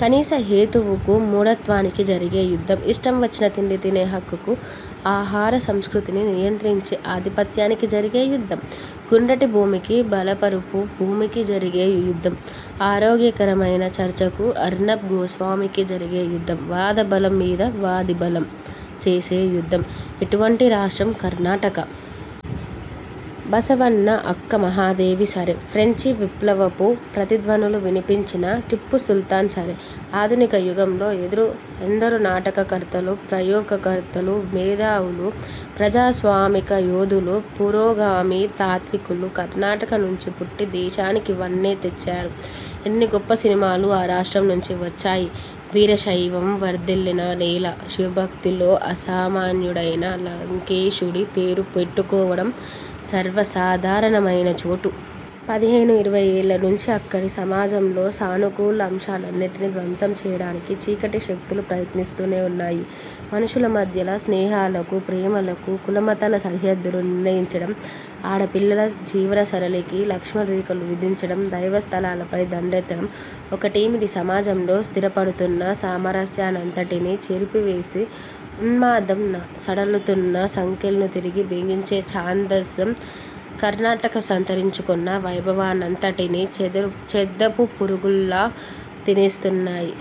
కనీస హేతువుకు, మూఢత్వానికి జరిగే యుద్ధం. ఇష్టం వచ్చిన తిండి తినే హక్కుకు, ఆహారసంస్కృతిని నియంత్రించే ఆధిపత్యానికి జరిగే యుద్ధం. గుండ్రటి భూమికీ బల్లపరుపు భూమికీ జరిగే యుద్ధం. ఆరోగ్యకరమైన చర్చకూ అర్నబ్ గోస్వామికీ జరిగే యుద్ధం. వాదబలం మీద వాదిబలం చేసే యుద్ధం. ఎటువంటి రాష్ట్రం కర్ణాటక? బసవణ్ణ, అక్కమహాదేవి సరే. ఫ్రెంచి విప్లవపు ప్రతిధ్వనులు వినిపించిన టిప్పుసుల్తాన్ సరే, ఆధునిక యుగంలో ఎందరు నాటకకర్తలు, ప్రయోక్తలు, మేధావులు, ప్రజాస్వామికయోధులు, పురోగామి తాత్వికులు కర్ణాటక నుంచి పుట్టి దేశానికి వన్నె తెచ్చారు. ఎన్ని గొప్ప సినిమాలు ఆ రాష్ట్రం నుంచి వచ్చాయి? వీరశైవం వర్ధిల్లిన నేల, శివభక్తిలో అసామాన్యుడైన లంకేశుడి పేరు పెట్టుకోవడం సర్వసాధారణమైన చోటు. పదిహేను ఇరవయ్యేళ్ల నుంచి అక్కడి సమాజంలోని సానుకూల అంశాలన్నిటినీ ధ్వంసం చేయడానికి చీకటిశక్తులు ప్రయత్నిస్తూనే ఉన్నాయి. మనుషుల మధ్య స్నేహాలకు, ప్రేమలకు కులమతాల సరిహద్దులు నిర్ణయించడం, ఆడపిల్లల జీవనసరళికి లక్ష్మణరేఖలు విధించడం, దైవస్థలాలపై దండెత్తడం, ఒకటేమిటి, సమాజంలో స్థిరపడుతున్న సామరస్యాన్నంతటినీ చెరిపివేసే ఉన్మాదం, సడలుతున్న సంకెళ్లను తిరిగి బిగించే ఛాందసం-– కర్ణాటక సంతరించకున్న వైభవాన్నంతటినీ చెద్దపురుగుల్లాగా తినేస్తున్నాయి.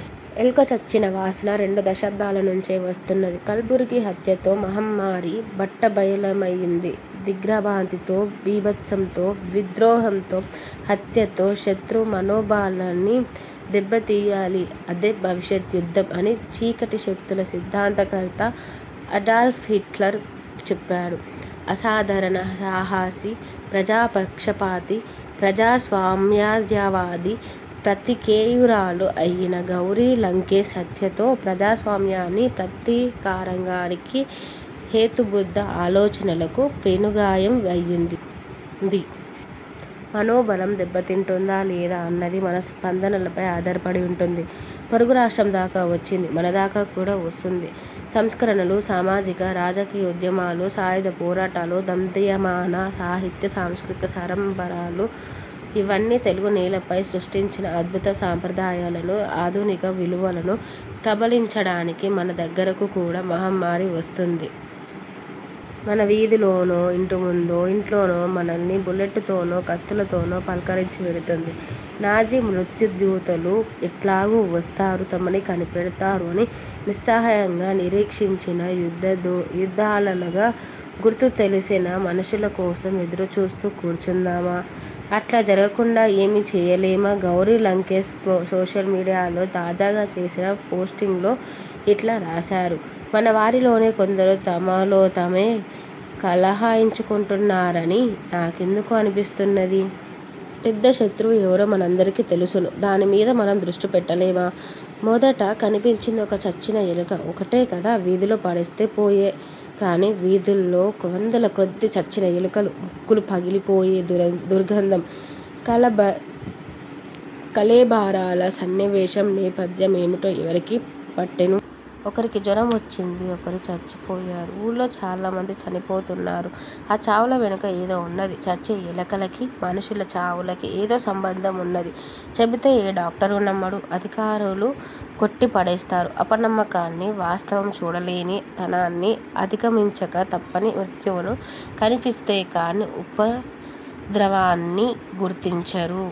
ఎలుక చచ్చిన వాసన రెండు దశాబ్దాల నుంచే వస్తున్నది. కల్బుర్గి హత్యతో మహమ్మారి బట్టబయలయింది. ''దిగ్ర్భాంతితో, బీభత్సంతో, విద్రోహంతో, హత్యతో శత్రువు మనోబలాన్ని దెబ్బతీయాలి, అదే భవిష్యత్ యుద్ధం''- అని చీకటిశక్తుల సిద్ధాంతకర్త అడాల్ఫ్ హిట్లర్ చెప్పాడు. అసాధారణ సాహసి, ప్రజాపక్షపాతి, ప్రజాస్వామ్యవాది, పాత్రికేయురాలు అయిన గౌరీ లంకేశ్ హత్యతో ప్రజాస్వామ్యానికి, పత్రికారంగానికి, హేతుబద్ధ ఆలోచనలకు పెనుగాయం అయింది. మనోబలం దెబ్బతింటుందా లేదా అన్నది మన స్పందనలపై ఆధారపడి ఉంటుంది. పొరుగు రాష్ట్రం దాకా వచ్చింది, మన దాకా కూడా వస్తుంది. సంస్కరణలు, సామాజిక, రాజకీయ ఉద్యమాలు, సాయుధపోరాటాలు, దందహ్యమాన సాహిత్య సాంస్కృతిక సంరంభాలు- ఇవన్నీ తెలుగునేలపై సృష్టించిన అద్భుత సంప్రదాయాలను, ఆధునిక విలువలను కబళించడానికి మన దగ్గరకు కూడా మహమ్మారి వస్తుంది. మన వీధిలోనో, ఇంటి ముందో, ఇంట్లోనో మనల్ని బుల్లెట్లతోనో, కత్తులతోనో పలకరించి వెడుతుంది. నాజీ మృత్యుదూతలు ఎట్లాగూ వస్తారు, తమని కనిపెడతారు అని నిస్సహాయంగా నిరీక్షించిన యూదులలాగా గుర్తు తెలిసిన మనుషుల కోసం ఎదురుచూస్తూ కూర్చుందామా? అట్లా జరగకుండా ఏమీ చేయలేమా? గౌరీ లంకేశ్ సోషల్మీడియాలో తాజాగా చేసిన పోస్టింగ్లో ఇట్లా రాశారు:'మన'వారిలోనే కొందరు తమలోతామే కలహించుకుంటున్నారని నాకెందుకు అనిపిస్తున్నది? 'పెద్ద శత్రువు' ఎవరో మనందరికీ తెలుసును. దాని మీద మనం దృష్టి పెట్టలేమా? ''మొదట కనిపించింది ఒక చచ్చిన ఎలక. ఒకటే కదా, వీధిలో పడేస్తే పోయె. కానీ, వీధుల్లో వందల కొద్దీ చచ్చిన ఎలుకలు. ముక్కులు పగిలిపోయే దుర్గంధం. కళేబరాల సన్నివేశం నేపథ్యం ఏమిటో ఎవరికి పట్టేను? ఒకరికి జొరం వచ్చింది. ఒకరు చచ్చిపోయారు. ఊళ్లో చాలా మంది చనిపోతున్నారు. ఆ చావుల వెనుక ఏదో ఉన్నది. చచ్చే ఎలకలకీ మనుషుల చావులకీ ఏదో సంబంధం ఉన్నది. చెబితే ఏ డాక్టరూ నమ్మడు, అధికారులు కొట్టి పడేస్తారు. అపనమ్మకాన్ని, వాస్తవం చూడలేని తనాన్ని అధిగమించక తప్పని మృత్యువు కనిపిస్తే కానీ, ఉపద్రవాన్ని గుర్తించరు.